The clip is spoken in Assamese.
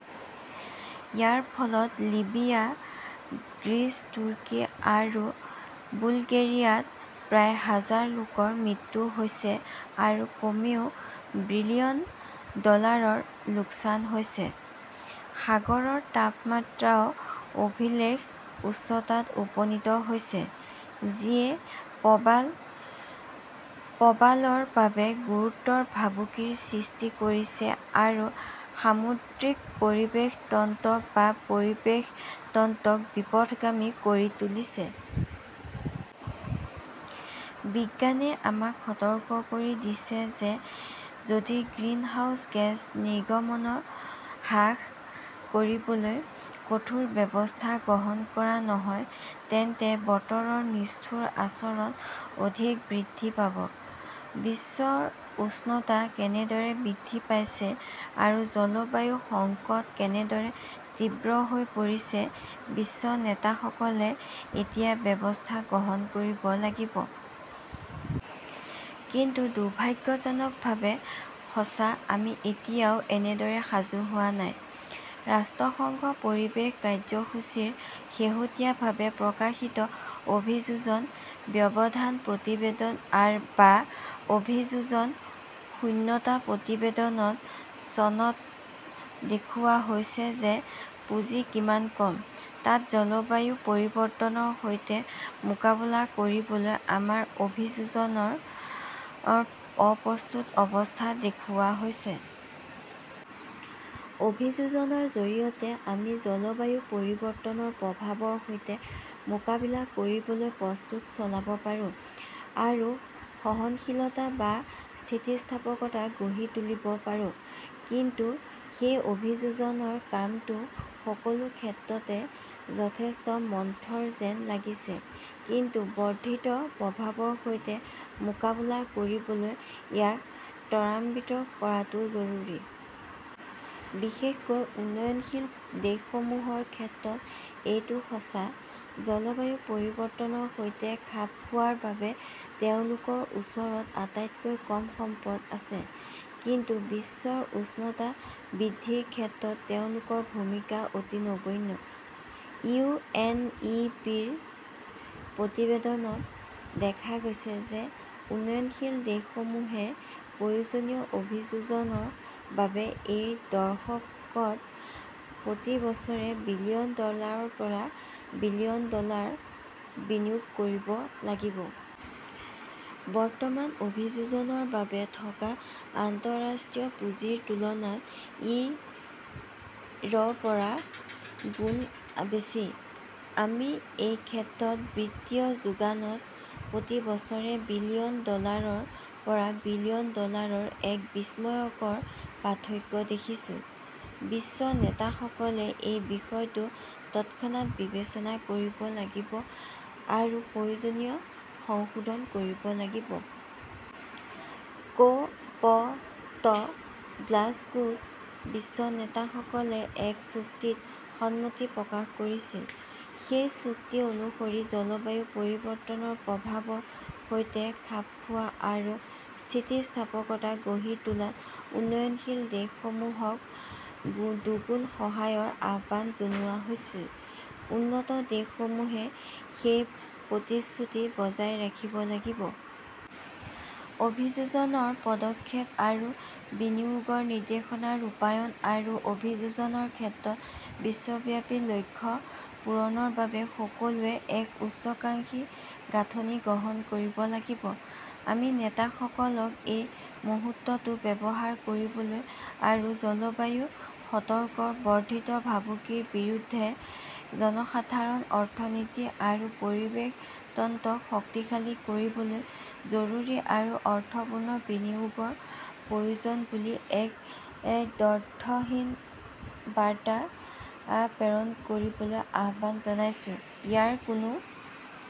ইয়াৰ ফলত লিবিয়া, গ্ৰীচ, তুৰ্কী আৰু বুলগেৰিয়াত প্ৰায় হাজাৰ লোকৰ মৃত্যু হৈছে আৰু কমেও বিলিয়ন ডলাৰৰ লোকচান হৈছে। সাগৰৰ তাপমাত্ৰাও অভিলেখ উচ্চতাত উপনীত হৈছে, যিয়ে প্ৰবালৰ বাবে গুৰুতৰ ভাবুকিৰ সৃষ্টি কৰিছে আৰু সামুদ্ৰিক পৰিৱেশ তন্ত্ৰ বা পৰিৱেশ তন্ত্ৰক বিপথগামী কৰি তুলিছে। বিজ্ঞানই আমাক সতৰ্ক কৰি দিছে যে যদি গ্ৰীণহাউছ গেছ নিৰ্গমন হ্ৰাস কৰিবলৈ কঠোৰ ব্যৱস্থা গ্ৰহণ কৰা নহয় তেন্তে বতৰৰ নিষ্ঠুৰ আচৰণ অধিক বৃদ্ধি পাব। বিশ্বৰ উষ্ণতা কেনেদৰে বৃদ্ধি পাইছে আৰু জলবায়ু সংকট কেনেদৰে তীব্ৰ হৈ পৰিছে; বিশ্ব নেতাসকলে এতিয়া ব্যৱস্থা গ্ৰহণ কৰিব লাগিব। কিন্তু দুৰ্ভাগ্যজনকভাৱে সঁচা, আমি এতিয়াও এনেদৰে সাজু হোৱা নাই। ৰাষ্ট্ৰসংঘৰ পৰিৱেশ কাৰ্যসূচী ৰ শেহতীয়াভাৱে প্ৰকাশিত অভিযোজন ব্যৱধান প্ৰতিবেদন বা অভিযোজন শূন্যতা প্ৰতিবেদনত চনত দেখুওৱা হৈছে যে পুঁজি কিমান কম। তাত জলবায়ু পৰিৱৰ্তনৰ সৈতে মোকাবিলা কৰিবলৈ আমাৰ অভিযোজনৰ অপ্ৰস্তুত অৱস্থা দেখুওৱা হৈছে। অভিযোজনৰ জৰিয়তে আমি জলবায়ু পৰিৱৰ্তনৰ প্ৰভাৱৰ সৈতে মোকাবিলা কৰিবলৈ প্ৰস্তুতি চলাব পাৰোঁ আৰু সহনশীলতা বা স্থিতিস্থাপকতা গঢ়ি তুলিব পাৰোঁ। কিন্তু সেই অভিযোজনৰ কামটো সকলো ক্ষেত্ৰতে যথেষ্ট মন্থৰ যেন লাগিছে। কিন্তু বৰ্ধিত প্ৰভাৱৰ সৈতে মোকাবিলা কৰিবলৈ ইয়াক ত্বৰান্বিত কৰাটো জৰুৰী। বিশেষকৈ উন্নয়নশীল দেশসমূহৰ ক্ষেত্ৰত এইটো সঁচা। জলবায়ু পৰিৱৰ্তনৰ সৈতে খাপ খোৱাৰ বাবে তেওঁলোকৰ ওচৰত আটাইতকৈ কম সম্পদ আছে; কিন্তু বিশ্বৰ উষ্ণতা বৃদ্ধিৰ ক্ষেত্ৰত তেওঁলোকৰ ভূমিকা অতি নগণ্য। ইউ. এন. ই. পি. -ৰ প্ৰতিবেদনত দেখা গৈছে যে উন্নয়নশীল দেশসমূহে প্ৰয়োজনীয় অভিযোজনৰ বাবে এই দশকত প্ৰতি বছৰে বিলিয়ন ডলাৰৰ পৰা বিলিয়ন ডলাৰ বিনিয়োগ কৰিব লাগিব। বৰ্তমান অভিযোজনৰ বাবে থকা আন্তঃৰাষ্ট্ৰীয় পুঁজিৰ তুলনাত ই ৰ পৰা গুণ বেছি। আমি এই ক্ষেত্ৰত বিত্তীয় যোগানত প্ৰতি বছৰে বিলিয়ন ডলাৰৰ পৰা বিলিয়ন ডলাৰৰ এক বিস্ময়কৰ পাৰ্থক্য দেখিছোঁ। বিশ্ব নেতাসকলে এই বিষয়টো তৎক্ষণাত বিবেচনা কৰিব লাগিব আৰু প্ৰয়োজনীয় সংশোধন কৰিব লাগিব। ক "প -ত গ্লাছগোত বিশ্ব নেতাসকলে এক চুক্তিত সন্মতি প্ৰকাশ কৰিছিল। সেই চুক্তি অনুসৰি জলবায়ু পৰিৱৰ্তনৰ প্ৰভাৱৰ সৈতে খাপ খোৱা আৰু স্থিতিস্থাপকতা গঢ়ি তোলাত উন্নয়নশীল দেশসমূহক দুগুণ সহায়ৰ আহ্বান জনোৱা হৈছিল। উন্নত দেশসমূহে সেই প্ৰতিশ্ৰুতি বজাই ৰাখিব লাগিব। অভিযোজনৰ পদক্ষেপ আৰু বিনিয়োগৰ নিৰ্দেশনা ৰূপায়ণ আৰু অভিযোজনৰ ক্ষেত্ৰত বিশ্বব্যাপী লক্ষ্য পূৰণৰ বাবে সকলোৱে এক উচ্চাকাংক্ষী গাঁথনি গ্ৰহণ কৰিব লাগিব। আমি নেতাসকলক এই মুহূৰ্তটো ব্যৱহাৰ কৰিবলৈ আৰু জলবায়ু সংকটৰ বৰ্ধিত ভাবুকিৰ বিৰুদ্ধে জনসাধাৰণ, অৰ্থনীতি আৰু পৰিৱেশ তন্ত্ৰক শক্তিশালী কৰিবলৈ জৰুৰী আৰু অৰ্থপূৰ্ণ বিনিয়োগৰ প্ৰয়োজন বুলি এক দ্ব্যৰ্থহীন বাৰ্তা প্ৰেৰণ কৰিবলৈ আহ্বান জনাইছো। ইয়াৰ কোনো